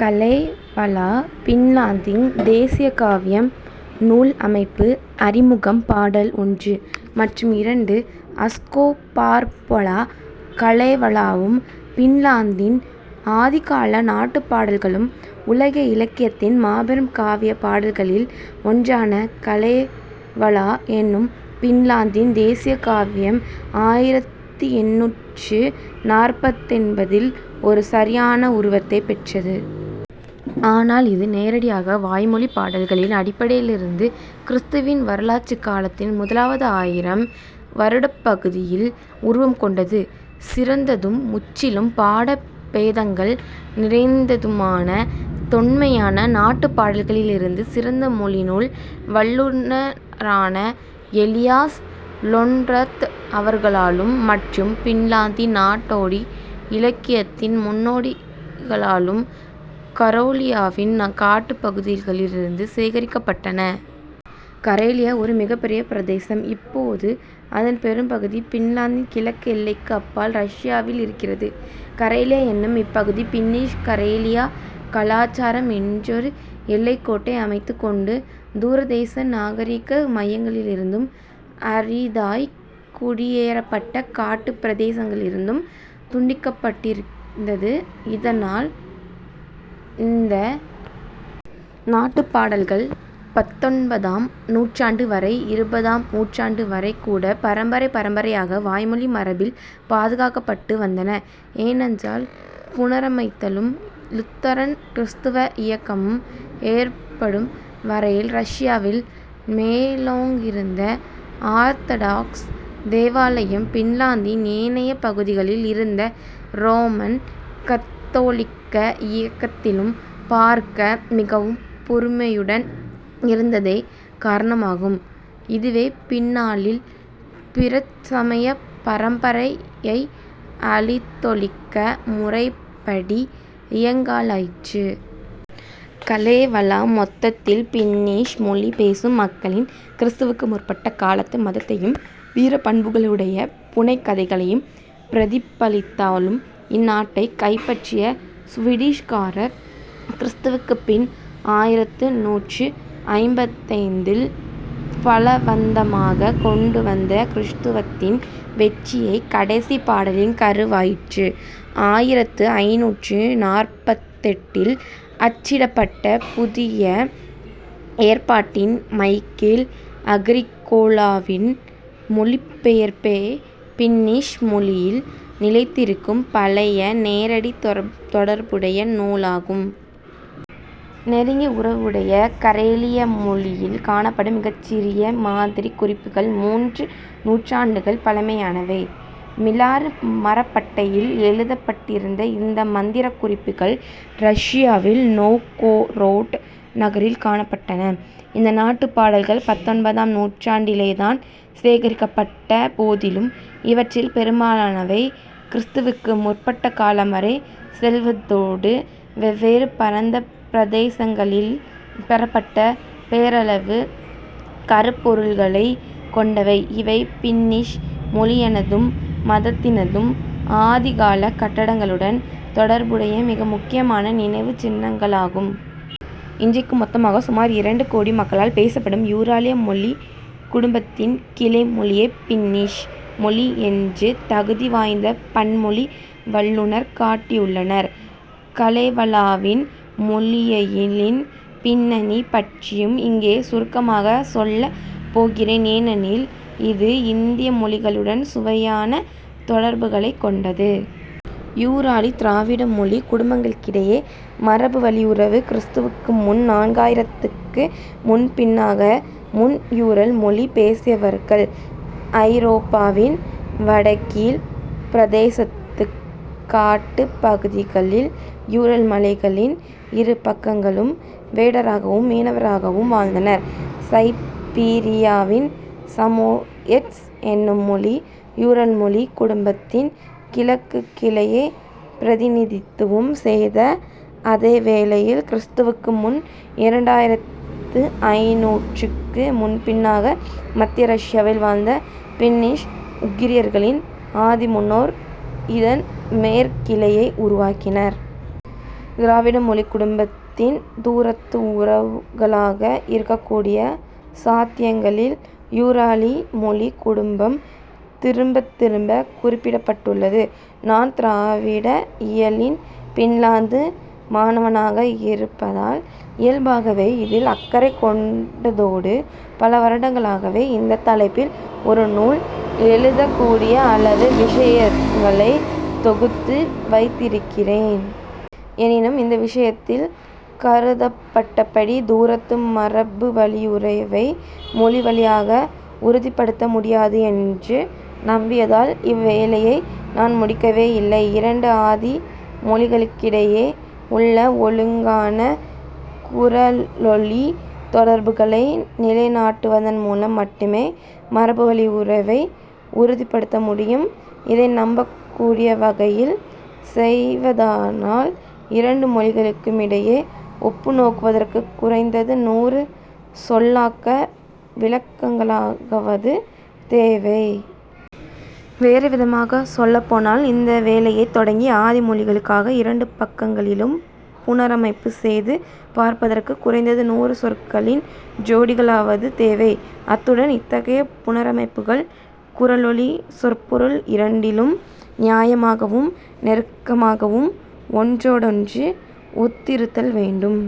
Kalevala பின்லாந்தின் தேசிய காவியம் நூல் அமைப்பு அறிமுகம் பாடல் ஒன்று மற்றும் இரண்டு அஸ்கோ பார்பொலா கலேவலாவும் பின்லாந்தின் ஆதிகால நாட்டுப் பாடல்களும் உலக இலக்கியத்தின் மாபெரும் காவியப் பாடல்களில் ஒன்றான கலேவலா என்னும் பின்லாந்தின் தேசிய காவியம் ஆயிரத்து எண்ணூற்று நாற்பத்தென்பதில் ஒரு சரியான உருவத்தைப் பெற்றது. ஆனால் இது நேரடியாக வாய்மொழிப் பாடல்களின் அடிப்படையிலிருந்து கிறிஸ்துவின் வரலாற்றுக் காலத்தின் முதலாவது ஆயிரம் வருடப் பகுதியில் உருவம் கொண்டது. சிறந்ததும் முற்றிலும் பாட பேதங்கள் நிறைந்ததுமான தொன்மையான நாட்டுப் பாடல்களிலிருந்து சிறந்த மொழிநூல் வல்லுநரான எலியாஸ் லொண்ரொத் அவர்களாலும் மற்றும் பின்லாந்தின் நாடோடி இலக்கியத்தின் முன்னோடிகளாலும் கரேலியாவின் காட்டுப் பகுதிகளிலிருந்து சேகரிக்கப்பட்டன. கரேலியா ஒரு மிகப்பெரிய பிரதேசம். இப்போது அதன் பெரும்பகுதி பின்லாந்தின் கிழக்கு எல்லைக்கு அப்பால் ரஷ்யாவில் இருக்கிறது. கரேலியா என்னும் இப்பகுதி பின்னிஷ் கரேலியா கலாச்சாரம் என்றொரு எல்லைக்கோட்டை அமைத்துக் கொண்டு தூரதேச நாகரிக மையங்களிலிருந்தும் அரிதாய்க் குடியேறப்பட்ட காட்டுப் பிரதேசங்களிலிருந்தும் துண்டிக்கப்பட்டிருந்தது. இதனால் இந்த நாட்டுப் பாடல்கள் பத்தொன்பதாம் நூற்றாண்டு வரை இருபதாம் நூற்றாண்டு வரைகூட பரம்பரை பரம்பரையாக வாய்மொழி மரபில் பாதுகாக்கப்பட்டு வந்தன ஏனென்றால் புனரமைத்தலும் லுத்தரன் கிறிஸ்தவ இயக்கமும் ஏற்படும் வரையில் ரஷ்யாவில் மேலோங்கியிருந்த ஆர்த்தடாக்ஸ் தேவாலயம் பின்லாந்தின் ஏனைய பகுதிகளில் இருந்த ரோமன் கத்தோலிக்க இயக்கத்திலும் பார்க்க மிகவும் பொறுமையுடன் இருந்ததே காரணமாகும் இதுவே பின்னாளில் புறச்சமயப் பரம்பரையை அழித்தொழிக்க முறைப்படி இயங்கலாயிற்று. கலேவலா மொத்தத்தில் பின்னிஷ் மொழி பேசும் மக்களின் கிறிஸ்துவுக்கு முற்பட்ட காலத்து மதத்தையும் வீரப்பண்புகளுடைய புனைகதைகளையும் பிரதிபலித்தாலும் இந்நாட்டைக் கைப்பற்றிய சுவீடிஷ்க்காரர் கிறிஸ்துவுக்குப் பின் ஆயிரத்து நூற்று ஐம்பத்தைந்தில் பலவந்தமாகக் கொண்டுவந்த கிறிஸ்தவத்தின் வெற்றியே கடைசிப் பாடலின் கருவாயிற்று. ஆயிரத்து ஐந்நூற்று நாற்பத்தெட்டில் அச்சிடப்பட்ட புதிய ஏற்பாட்டின் மைக்கேல் அகிரிகோலாவின் மொழிபெயர்ப்பே பின்னிஷ் மொழியில் நிலைத்திருக்கும் பழைய நேரடித் தொடர்புடைய நூலாகும். நெருங்கிய உறவுடைய கரேலிய மொழியில் காணப்படும் மிகச்சிறிய மாதிரிக் குறிப்புகள் மூன்று நூற்றாண்டுகள் பழமையானவை. மிலாறு மரப்பட்டையில் எழுதப்பட்டிருந்த இந்த மந்திரக் குறிப்புகள் ரஷ்யாவில் நோவ்கோரோட் நகரில் காணப்பட்டன. இந்த நாட்டுப் பாடல்கள் பத்தொன்பதாம் நூற்றாண்டிலேதான் சேகரிக்கப்பட்ட போதிலும் இவற்றில் பெரும்பாலானவை கிறிஸ்துவுக்கு முற்பட்ட காலம் வரை செல்வதோடு வெவ்வேறு பரந்த பிரதேசங்களில் பெறப்பட்ட பேரளவு கருப்பொருள்களைக் கொண்டவை இவை பின்னிஷ் மொழியினதும் மதத்தினதும் ஆதிகால கட்டங்களுடன் தொடர்புடைய மிக முக்கியமான நினைவுச் சின்னங்களாகும். இன்றைக்கு மொத்தமாகச் சுமார் இரண்டு கோடி மக்களால் பேசப்படும் யூராலிக் மொழிக் குடும்பத்தின் கிளைமொழியே பின்னிஷ் மொழி என்று தகுதி வாய்ந்த பன்மொழி வல்லுநர் காட்டியுள்ளனர். கலேவலாவின் மொழியியலின் பின்னணி பற்றியும் இங்கே சுருக்கமாகச் சொல்லப் போகிறேன் ஏனெனில் இது இந்திய மொழிகளுடன் சுவையான தொடர்புகளைக் கொண்டது. யூராலிக் திராவிட மொழிக் குடும்பங்களிடையே மரபுவழியுறவு கிறிஸ்துவுக்கு முன் நான்காயிரத்துக்கு முன்பின்னாக முன் யூரல் மொழி பேசியவர்கள் ஐரோப்பாவின் வடகீழ்ப் பிரதேசத்துக் காட்டுப் பகுதிகளில் யூரல் மலைகளின் இரு பக்கங்களிலும் வேடராகவும் மீனவராகவும் வாழ்ந்தனர். சைபீரியாவின் சமோயெட்ஸ் என்னும் மொழி யூரல் மொழிக் குடும்பத்தின் கிழக்குக் கிளையைப் பிரதிநிதித்துவம் செய்த அதே வேளையில் கிறிஸ்துவுக்கு முன் இரண்டாயிரத்து ஐந்நூற்றுக்கு முன்பின்னாக மத்திய ரஷ்யாவில் வாழ்ந்த பின்னிஷ் உகிரியர்களின் ஆதிமுன்னோர் இதன் மேற்குக் கிளையை உருவாக்கினர். திராவிட மொழிக் குடும்பத்தின் தூரத்து உறவுகளாக இருக்கக்கூடிய சாத்தியங்களில் யூராலிக் மொழிக் குடும்பம் திரும்பத் திரும்பக் குறிப்பிடப்பட்டுள்ளது. நான் திராவிட இயலின் பின்லாந்து மாணவனாக இருப்பதால் இயல்பாகவே இதில் அக்கறை கொண்டதோடு பல வருடங்களாகவே இந்தத் தலைப்பில் ஒரு நூல் எழுதக்கூடிய அளவு விஷயங்களைத் தொகுத்து வைத்திருக்கிறேன். எனினும் இந்த விஷயத்தில் கருதப்பட்டபடி தூரத்து மரபுவழியுறவை மொழி வழியாக உறுதிப்படுத்த முடியாது என்று நம்பியதால் இவ்வேலையை நான் முடிக்கவேயில்லை. இரண்டு ஆதி மொழிகளுக்கிடையே உள்ள ஒழுங்கான குரலொலித் தொடர்புகளை நிலைநாட்டுவதன் மூலம் மட்டுமே மரபுவழியுறவை உறுதிப்படுத்த முடியும். இதை நம்பக்கூடிய வகையில் செய்வதனால் இரண்டு மொழிகளுக்குமிடையே ஒப்புநோக்குவதற்குக் குறைந்தது நூறு சொல்லாக்க விளக்கங்களாவது தேவை. வேறு விதமாகச் சொல்லப் போனால் இந்த வேலையைத் தொடங்கி ஆதி மொழிகளுக்காக இரண்டு பக்கங்களிலும் புனரமைப்புச் செய்து பார்ப்பதற்குக் குறைந்தது நூறு சொற்களின் ஜோடிகளாவது தேவை அத்துடன் இத்தகைய புனரமைப்புகள் குரலொலி சொற்பொருள் இரண்டிலும் நியாயமாகவும் நெருக்கமாகவும் ஒன்றோடொன்று ஒத்திருத்தல் வேண்டும்.